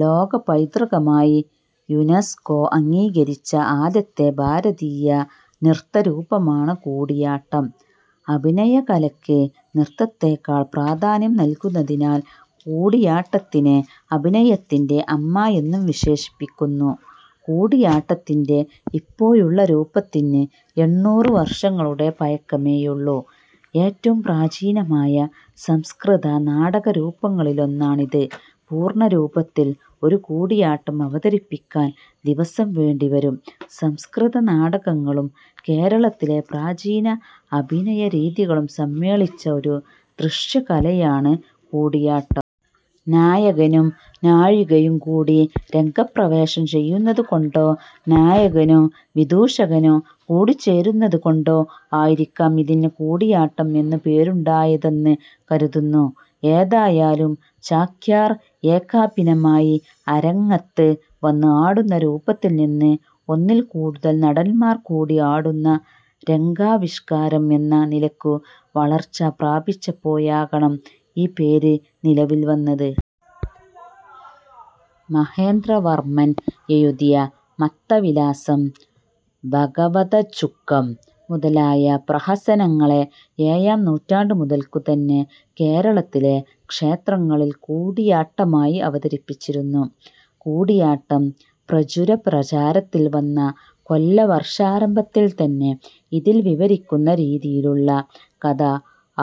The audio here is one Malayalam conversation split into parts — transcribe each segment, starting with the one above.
ലോകപൈതൃകമായി യുനെസ്കോ അംഗീകരിച്ച ആദ്യത്തെ ഭാരതീയ നൃത്തരൂപമാണ് കൂടിയാട്ടം. അഭിനയകലയ്ക്ക് നൃത്തത്തേക്കാൾ പ്രാധാന്യം നൽകുന്നതിനാൽ കൂടിയാട്ടത്തിനെ "അഭിനയത്തിന്റെ അമ്മ" എന്നും വിശേഷിപ്പിക്കുന്നു. കൂടിയാട്ടത്തിന്റെ ഇപ്പോഴുള്ള രൂപത്തിന് എണ്ണൂറ് വർഷങ്ങളുടെ പഴക്കമേയുള്ളു. ഏറ്റവും പ്രാചീനമായ സംസ്കൃതനാടകരൂപങ്ങളിലൊന്നാണിത്. പൂർണരൂപത്തിൽ ഒരു കൂടിയാട്ടം അവതരിപ്പിക്കാൻ ദിവസം വേണ്ടിവരും. സംസ്കൃത നാടകങ്ങളും കേരളത്തിലെ പ്രാചീന അഭിനയരീതികളും സമ്മേളിച്ച ഒരു ദൃശ്യകലയാണ് കൂടിയാട്ടം. നായകനും നായികയും കൂടി രംഗപ്രവേശം ചെയ്യുന്നതുകൊണ്ടോ നായകനും വിദൂഷകനും കൂടിച്ചേരുന്നതുകൊണ്ടോ ആയിരിക്കാം ഇതിന് കൂടിയാട്ടം എന്ന പേരുണ്ടായതെന്ന് കരുതുന്നു. ഏതായാലും ചാക്യാർ ഏകാഭിനയമായി അരങ്ങത്ത് വന്ന് ആടുന്ന രൂപത്തിൽനിന്ന് ഒന്നിൽ കൂടുതൽ നടന്മാർ കൂടി ആടുന്ന രംഗാവിഷ്കാരം എന്ന നിലക്കു വളർച്ച പ്രാപിച്ചപ്പോഴാകണം ഈ പേർ നിലവിൽ വന്നത്. മഹേന്ദ്രവർമ്മൻ എഴുതിയ മത്തവിലാസം, ഭഗവദജ്ജുകം മുതലായ പ്രഹസനങ്ങളെ ഏഴാം നൂറ്റാണ്ടു മുതൽക്കുതന്നെ കേരളത്തിലെ ക്ഷേത്രങ്ങളിൽ കൂടിയാട്ടമായി അവതരിപ്പിച്ചിരുന്നു. കൂടിയാട്ടം പ്രചുരപ്രചാരത്തിൽ വന്ന കൊല്ലവർഷാരംഭത്തിൽതന്നെ ഇതിൽ വിവരിക്കുന്ന രീതിയിലുള്ള കഥ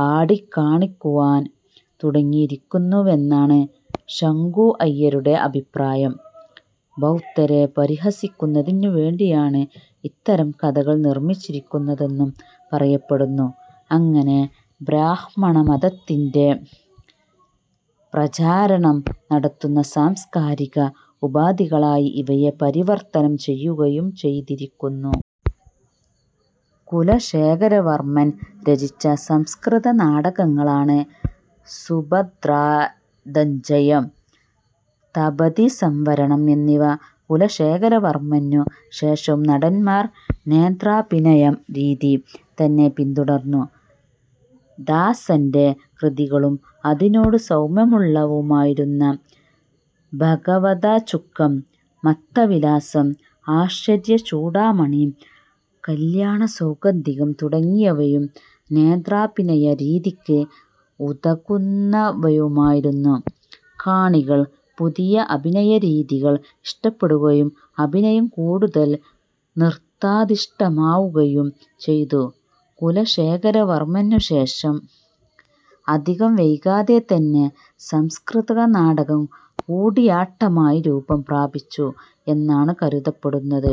ആടിക്കാണിക്കുവാൻ തുടങ്ങിയിരുന്നുവെന്നാണ് ശങ്കുഅയ്യരുടെ അഭിപ്രായം. ബൗദ്ധരെ പരിഹസിക്കുന്നതിനു വേണ്ടിയാണ് ഇത്തരം കഥകൾ നിർമ്മിച്ചിരുന്നതെന്നും പറയപ്പെടുന്നു. അങ്ങനെ ബ്രാഹ്മണമതത്തിൻറെ പ്രചാരണം നടത്തുന്ന സാംസ്കാരിക ഉപാധികളായി ഇവയെ പരിവർത്തനം ചെയ്യുകയും ചെയ്തിരിക്കുന്നു. കുലശേഖരവർമ്മൻ രചിച്ച സംസ്കൃത നാടകങ്ങളാണ് സുഭദ്രാധഞ്ജയം, തപതിസംവരണംഎന്നിവ. കുലശേഖരവർമ്മനു ശേഷവും നടന്മാർ നേത്രാഭിനയരീതി തന്നെ പിന്തുടർന്നു. ദാസന്റെ കൃതികളും, അതിനോടു സാമ്യമുള്ളവയായിരുന്ന "ഭഗവദജ്ജുകം", "മത്തവിലാസം", "ആശ്ചര്യചൂഡാമണി", "കല്ല്യാണസൗഗന്ധികം" തുടങ്ങിയവയും നേത്രാഭിനയരീതിക്ക് ഉതകുന്നവയുമായിരുന്നു. കാണികൾ പുതിയ അഭിനയരീതികൾ ഇഷ്ടപ്പെടുകയും അഭിനയം കൂടുതൽ നൃത്താധിഷ്ഠമാവുകയും ചെയ്തു. കുലശേഖരവർമ്മനുശേഷം അധികം വൈകാതെതന്നെ സംസ്കൃതനാടകം കൂടിയാട്ടമായി രൂപം പ്രാപിച്ചു എന്നാണ് കരുതപ്പെടുന്നത്.